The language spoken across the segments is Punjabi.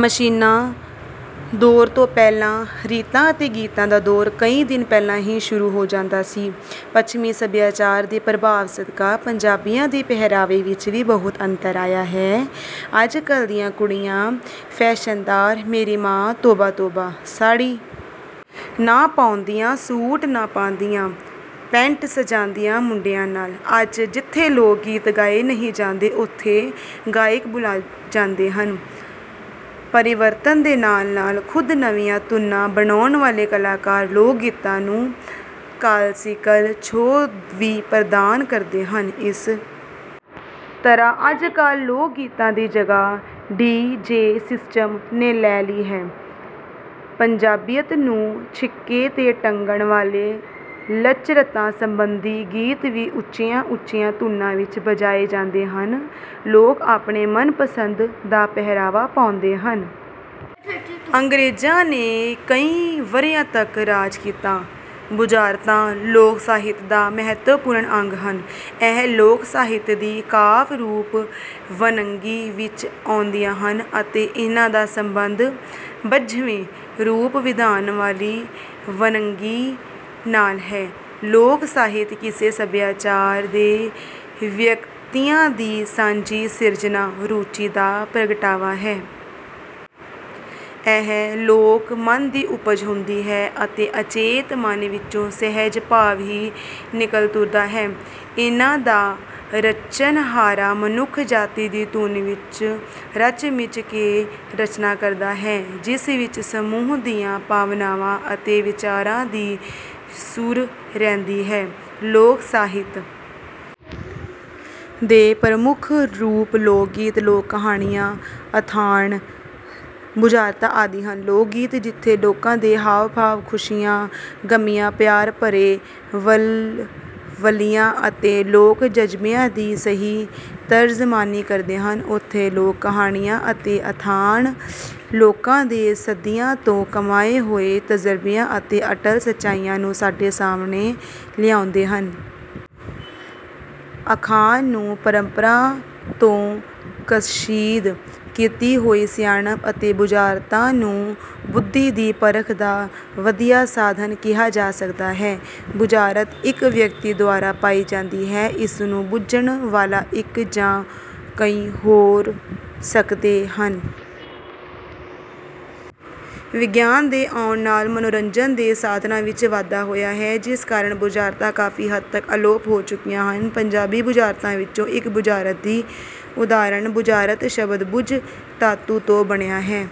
ਮਸ਼ੀਨਾ ਦੌਰ ਤੋਂ ਪਹਿਲਾਂ ਰੀਤਾਂ ਅਤੇ ਗੀਤਾਂ ਦਾ ਦੌਰ ਕਈ ਦਿਨ ਪਹਿਲਾਂ ਹੀ ਸ਼ੁਰੂ ਹੋ ਜਾਂਦਾ ਸੀ। ਪੱਛਮੀ ਸਭਿਆਚਾਰ ਦੇ ਪ੍ਰਭਾਵ ਸਦਕਾ ਪੰਜਾਬੀਆਂ ਦੇ ਪਹਿਰਾਵੇ ਵਿੱਚ ਵੀ ਬਹੁਤ ਅੰਤਰ ਆਇਆ ਹੈ। ਅੱਜਕੱਲ੍ਹ ਦੀਆਂ ਕੁੜੀਆਂ ਫੈਸ਼ਨਦਾਰ, ਮੇਰੀ ਮਾਂ ਤੋਬਾ-ਤੋਬਾ। ਸਾੜੀ ਨਾ ਪਾਉਂਦੀਆਂ, ਸੂਟ ਨਾ ਪਾਉਂਦੀਆਂ, ਪੈਂਟ ਸਜਾਉਂਦੀਆਂ ਮੁੰਡਿਆਂ ਨਾਲ। ਅੱਜ ਜਿੱਥੇ ਲੋਕ-ਗੀਤ ਗਾਏ ਨਹੀਂ ਜਾਂਦੇ, ਉੱਥੇ ਗਾਇਕ ਬੁਲਾਏ ਜਾਂਦੇ ਹਨ। ਪਰਿਵਰਤਨ ਦੇ ਨਾਲ-ਨਾਲ ਖੁਦ ਨਵੀਆਂ ਧੁਨਾਂ ਬਣਾਉਣ ਵਾਲੇ ਕਲਾਕਾਰ ਲੋਕ-ਗੀਤਾਂ ਨੂੰ ਕਾਲਸੀਕਲ ਛੋਹ ਵੀ ਪ੍ਰਦਾਨ ਕਰਦੇ ਹਨ। ਇਸ ਤਰ੍ਹਾਂ ਅੱਜ ਲੋਕ-ਗੀਤਾਂ ਦੀ ਜਗ੍ਹਾ ਡੀ. ਜੇ. ਸਿਸਟਮ ਨੇ ਲੈ ਲਈ ਹੈ। ਪੰਜਾਬੀਅਤ ਨੂੰ ਛਿੱਕੇ ’ਤੇ ਟੰਗਣ ਵਾਲੇ ਲੱਚਰਤਾ-ਸੰਬੰਧੀ ਗੀਤ ਵੀ ਉੱਚੀਆਂ-ਉੱਚੀਆਂ ਧੁਨਾਂ ਵਿੱਚ ਬਜਾਏ ਜਾਂਦੇ ਹਨ। ਲੋਕ ਆਪਣੇ ਮਨਪਸੰਦ ਦਾ ਪਹਿਰਾਵਾ ਪਾਉਂਦੇ ਹਨ। ਅੰਗਰੇਜ਼ਾਂ ਨੇ ਕਈ ਵਰ੍ਹਿਆਂ ਤੱਕ ਰਾਜ ਕੀਤਾ। ਬੁਝਾਰਤਾਂ ਲੋਕ-ਸਾਹਿਤ ਦਾ ਮਹੱਤਵਪੂਰਨ ਅੰਗ ਹਨ। ਇਹ ਲੋਕ-ਸਾਹਿਤ ਦੀ ਕਾਵਿ-ਰੂਪ ਵੰਨਗੀ ਵਿੱਚ ਆਉਂਦੀਆਂ ਹਨ ਅਤੇ ਇਨ੍ਹਾਂ ਦਾ ਸੰਬੰਧ ਬੱਝਵੇਂ ਰੂਪ-ਵਿਧਾਨ ਵਾਲੀ ਵੰਨਗੀ ਨਾਲ ਹੈ। ਲੋਕ-ਸਾਹਿਤ ਕਿਸੇ ਸਭਿਆਚਾਰ ਦੇ ਵਿਅਕਤੀਆਂ ਦੀ ਸਾਂਝੀ ਸਿਰਜਣਾ-ਰੁਚੀ ਦਾ ਪ੍ਰਗਟਾਵਾ ਹੈ। ਇਹ ਲੋਕ-ਮਨ ਦੀ ਉਪਜ ਹੁੰਦੀ ਹੈ ਅਤੇ ਅਚੇਤ ਮਨ ਵਿੱਚੋਂ ਸਹਿਜ-ਭਾਵ ਹੀ ਨਿਕਲ ਤੁਰਦਾ ਹੈ। ਇਨ੍ਹਾਂ ਦਾ ਰਚਨਹਾਰਾ ਮਨੁੱਖ ਜਾਤੀ ਦੀ ਧੁਨ ਵਿੱਚ ਰਚ-ਮਿਚ ਕੇ ਰਚਨਾ ਕਰਦਾ ਹੈ, ਜਿਸ ਵਿੱਚ ਸਮੂਹ ਦੀਆਂ ਭਾਵਨਾਵਾਂ ਅਤੇ ਵਿਚਾਰਾਂ ਦੀ ਸੁਰ ਹੁੰਦੀ ਹੈ। ਲੋਕ-ਸਾਹਿਤ ਦੇ ਪ੍ਰਮੁੱਖ ਰੂਪ ਲੋਕ-ਗੀਤ, ਲੋਕ-ਕਹਾਣੀਆਂ, ਅਖਾਣ, ਬੁਝਾਰਤਾਂ ਆਦਿ ਹਨ। ਲੋਕ-ਗੀਤ ਜਿੱਥੇ ਲੋਕਾਂ ਦੇ ਹਾਵ-ਭਾਵ, ਖੁਸ਼ੀਆਂ-ਗ਼ਮੀਆਂ, ਪਿਆਰ-ਭਰੇ ਵਲਵਲਿਆਂ ਅਤੇ ਲੋਕ-ਜਜ਼ਬਿਆਂ ਦੀ ਸਹੀ ਤਰਜਮਾਨੀ ਕਰਦੇ ਹਨ, ਉੱਥੇ ਲੋਕ-ਕਹਾਣੀਆਂ ਅਤੇ ਅਖਾਣ ਲੋਕਾਂ ਦੇ ਸਦੀਆਂ ਤੋਂ ਕਮਾਏ ਹੋਏ ਤਜ਼ਰਬਿਆਂ ਅਤੇ ਅਟੱਲ ਸੱਚਾਈਆਂ ਨੂੰ ਸਾਡੇ ਸਾਹਮਣੇ ਲਿਆਉਂਦੇ ਹਨ। ਅਖਾਣ ਨੂੰ ਪਰੰਪਰਾ ਤੋਂ ਕਸ਼ੀਦ ਕੀਤੀ ਹੋਈ ਸਿਆਣਪ ਅਤੇ ਬੁਝਾਰਤਾਂ ਨੂੰ ਬੁੱਧੀ ਦੀ ਪਰਖ ਦਾ ਵਧੀਆ ਸਾਧਨ ਕਿਹਾ ਜਾ ਸਕਦਾ ਹੈ। ਬੁਝਾਰਤ ਇੱਕ ਵਿਅਕਤੀ ਦੁਆਰਾ ਪਾਈ ਜਾਂਦੀ ਹੈ। ਇਸ ਨੂੰ ਬੁੱਝਣ ਵਾਲਾ ਇੱਕ ਜਾਂ ਕਈ ਹੋ ਸਕਦੇ ਹਨ। ਵਿਗਿਆਨ ਦੇ ਆਉਣ ਨਾਲ ਮਨੋਰੰਜਨ ਦੇ ਸਾਧਨਾਂ ਵਿੱਚ ਵਾਧਾ ਹੋਇਆ ਹੈ, ਜਿਸ ਕਾਰਨ ਬੁਝਾਰਤਾਂ ਕਾਫ਼ੀ ਹੱਦ ਤੱਕ ਅਲੋਪ ਹੋ ਚੁੱਕੀਆਂ ਹਨ। ਪੰਜਾਬੀ ਬੁਝਾਰਤਾਂ ਵਿੱਚੋਂ ਇੱਕ ਬੁਝਾਰਤ ਦੀ ਉਦਾਹਰਨ“ਬੁਝਾਰਤ” ਸ਼ਬਦ ‘ਬੁੱਝ’ ਧਾਤੂ ਤੋਂ ਬਣਿਆ ਹੈ।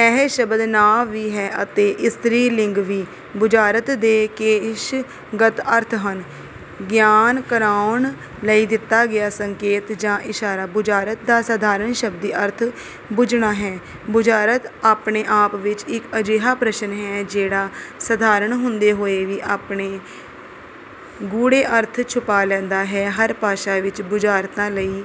ਇਹ ਸ਼ਬਦ ਨਾਂਵ ਵੀ ਹੈ ਅਤੇ ਇਸਤਰੀ ਲਿੰਗ ਵੀ। ਬੁਝਾਰਤ ਦੇ ਕੋਸ਼ਗਤ ਅਰਥ ਹਨ—“ਗਿਆਨ ਕਰਾਉਣ ਲਈ ਦਿੱਤਾ ਗਿਆ ਸੰਕੇਤ ਜਾਂ ਇਸ਼ਾਰਾ।” ਬੁਝਾਰਤ ਦਾ ਸਾਧਾਰਣ ਸ਼ਬਦੀ ਅਰਥ ‘ਬੁੱਝਣਾ’ ਹੈ। ਬੁਝਾਰਤ ਆਪਣੇ ਆਪ ਵਿੱਚ ਇੱਕ ਅਜਿਹਾ ਪ੍ਰਸ਼ਨ ਹੈ, ਜਿਹੜਾ ਸਧਾਰਨ ਹੁੰਦੇ ਹੋਏ ਵੀ ਆਪਣੇ ਪਿੱਛੇ ਗੂੜ੍ਹੇ ਅਰਥ ਛੁਪਾ ਲੈਂਦਾ ਹੈ। ਹਰ ਭਾਸ਼ਾ ਵਿੱਚ ਬੁਝਾਰਤਾਂ ਲਈ…